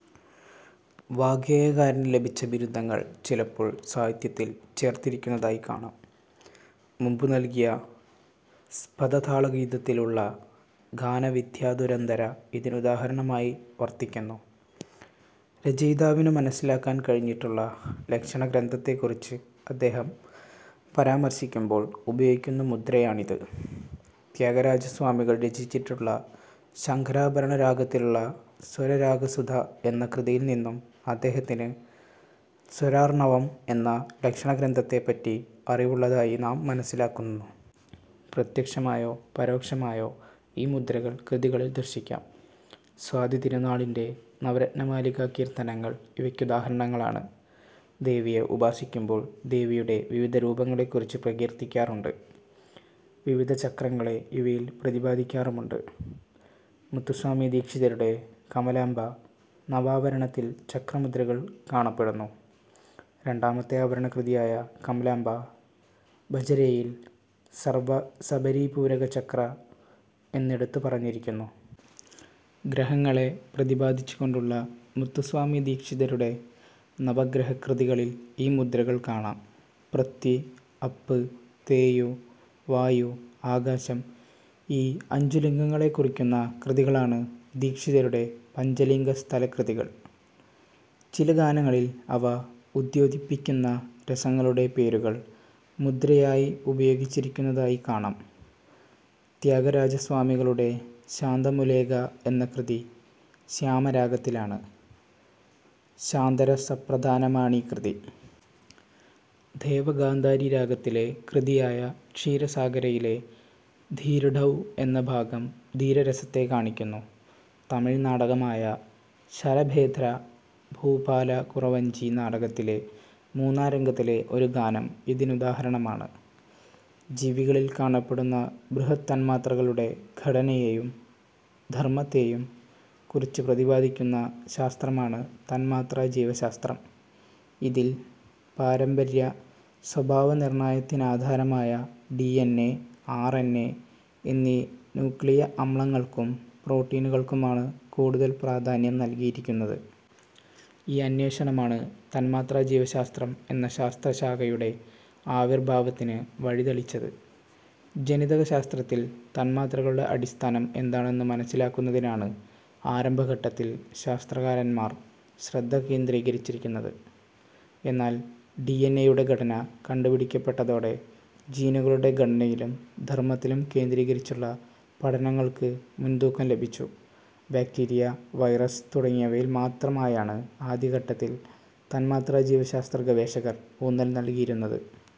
വാഗ്ഗേയകാരന് ലഭിച്ച ബിരുദങ്ങൾ ചിലപ്പോൾ സാഹിത്യത്തിൽ ചേർത്തിരിക്കുന്നതായി കാണാം. മുമ്പു നൽകിയ സപ്തതാളഗീതത്തിലുള്ള ഗാനവിദ്യാധുരന്തര ഇതിനുദാഹരണമായി വർത്തിക്കുന്നു. രചയിതാവിനു മനസ്സിലാക്കാൻ കഴിഞ്ഞിട്ടുള്ള ലക്ഷണഗ്രന്ഥത്തെക്കുറിച്ച് അദ്ദേഹം പരാമർശിക്കുമ്പോൾ ഉപയോഗിക്കുന്ന മുദ്രയാണിത്. ത്യാഗരാജസ്വാമികൾ രചിച്ചിട്ടുള്ള ശങ്കരാഭരണരാഗത്തിലുള്ള സ്വരരാഗസുധ എന്ന കൃതിയിൽനിന്നും അദ്ദേഹത്തിന് സ്വരാർണവം എന്ന ലക്ഷണഗ്രന്ഥത്തെപ്പറ്റി അറിവുള്ളതായി നാം മനസ്സിലാക്കുന്നു. പ്രത്യക്ഷമായോ പരോക്ഷമായോ ഈ മുദ്രകൾ കൃതികളിൽ ദർശിക്കാം. സ്വാതിതിരുനാളിന്റെ നവരത്നമാലിക കീർത്തനങ്ങൾ ഇവയ്ക്കുദാഹരണങ്ങളാണ്. ദേവിയെ ഉപാസിക്കുമ്പോൾ ദേവിയുടെ വിവിധ രൂപങ്ങളെക്കുറിച്ചു പ്രകീർത്തിക്കാറുണ്ട്. വിവിധ ചക്രങ്ങളെ ഇവയിൽ പ്രതിപാദിക്കാറുമുണ്ട്. മുത്തുസ്വാമിദീക്ഷിതരുടെ കമലാംബ നവാവരണത്തിൽ ചക്രമുദ്രകൾ കാണപ്പെടുന്നു. രണ്ടാമത്തെ ആവരണകൃതിയായ കമലാംബാം ഭജരേയിൽ സർവസപരിപൂരക ചക്ര എന്നെടുത്തു പറഞ്ഞിരിക്കുന്നു. ഗ്രഹങ്ങളെ പ്രതിപാദിച്ചുകൊണ്ടുള്ള മുത്തുസ്വാമിദീക്ഷിതരുടെ നവഗ്രഹകൃതികളിൽ ഈ മുദ്രകൾ കാണാം. പൃഥ്വി, അപ്പ്, തേയു, വായു, ആകാശം ഈ അഞ്ചു ലിംഗങ്ങളെക്കുറിക്കുന്ന കൃതികളാണ് ദീക്ഷിതരുടെ പഞ്ചലിംഗസ്ഥലകൃതികൾ. ചില ഗാനങ്ങളിൽ അവ ഉദ്യോതിപ്പിക്കുന്ന രസങ്ങളുടെ പേരുകൾ മുദ്രയായി ഉപയോഗിച്ചിരിക്കുന്നതായി കാണാം. ത്യാഗരാജസ്വാമികളുടെ ശാന്തമുലേക എന്ന കൃതി ശ്യാമരാഗത്തിലാണ്. ശാന്തരസപ്രധാനമാണീ കൃതി. ദേവഗാന്ധാരി രാഗത്തിലെ കൃതിയായ ക്ഷീരസാഗരയിലെ ധീരുഡൗ എന്ന ഭാഗം ധീരരസത്തെ കാണിക്കുന്നു. തമിഴ്നാടകമായ "ശരഭേദ്ര ഭൂപാല കുറവഞ്ചി നാടക"ത്തിലെ മൂന്നാംരംഗത്തിലെ ഒരു ഗാനം ഇതിനുദാഹരണമാണ്. ജീവികളിൽ കാണപ്പെടുന്ന ബൃഹത് തന്മാത്രകളുടെ ഘടനയേയും ധർമത്തേയും കുറിച്ചു പ്രതിപാദിക്കുന്ന ശാസ്ത്രമാണ് തന്മാത്രാ ജീവശാസ്ത്രം. ഇതിൽ പാരമ്പര്യ സ്വഭാവനിർണയത്തിനാധാരമായ ഡിഎൻഎ, ആർഎൻഎ എന്നീ ന്യൂക്ലിയിക അമ്ലങ്ങൾക്കും പ്രോട്ടീനുകൾക്കുമാണു കൂടുതൽ പ്രാധാന്യം നൽകിയിരിക്കുന്നത്. ഈ അന്വേഷണമാണ് തന്മാത്രാജീവശാസ്ത്രം എന്ന ശാസ്ത്രശാഖയുടെ ആവിർഭാവത്തിന് വഴി തെളിച്ചത്. ജനിതകശാസ്ത്രത്തിൽ തന്മാത്രകളുടെ അടിസ്ഥാനം എന്താണെന്നു മനസ്സിലാക്കുന്നതിനാണ് ആരംഭഘട്ടത്തിൽ ശാസ്ത്രകാരന്മാർ ശ്രദ്ധ കേന്ദ്രീകരിച്ചിരുന്നത്. എന്നാൽ ഡിഎൻഎയുടെ ഘടന കണ്ടുപിടിക്കപ്പെട്ടതോടെ ജീനുകളുടെ ഘടനയിലും ധർമത്തിലും കേന്ദ്രീകരിച്ചുള്ള പഠനങ്ങൾക്ക് മുൻതൂക്കം ലഭിച്ചു. ബാക്ടീരിയ, വൈറസ് തുടങ്ങിയവയിൽ മാത്രമായാണ് ആദ്യ ഘട്ടത്തിൽ തന്മാത്രാജീവശാസ്ത്ര ഗവേഷകർ ഊന്നൽ നൽകിയിരുന്നത്.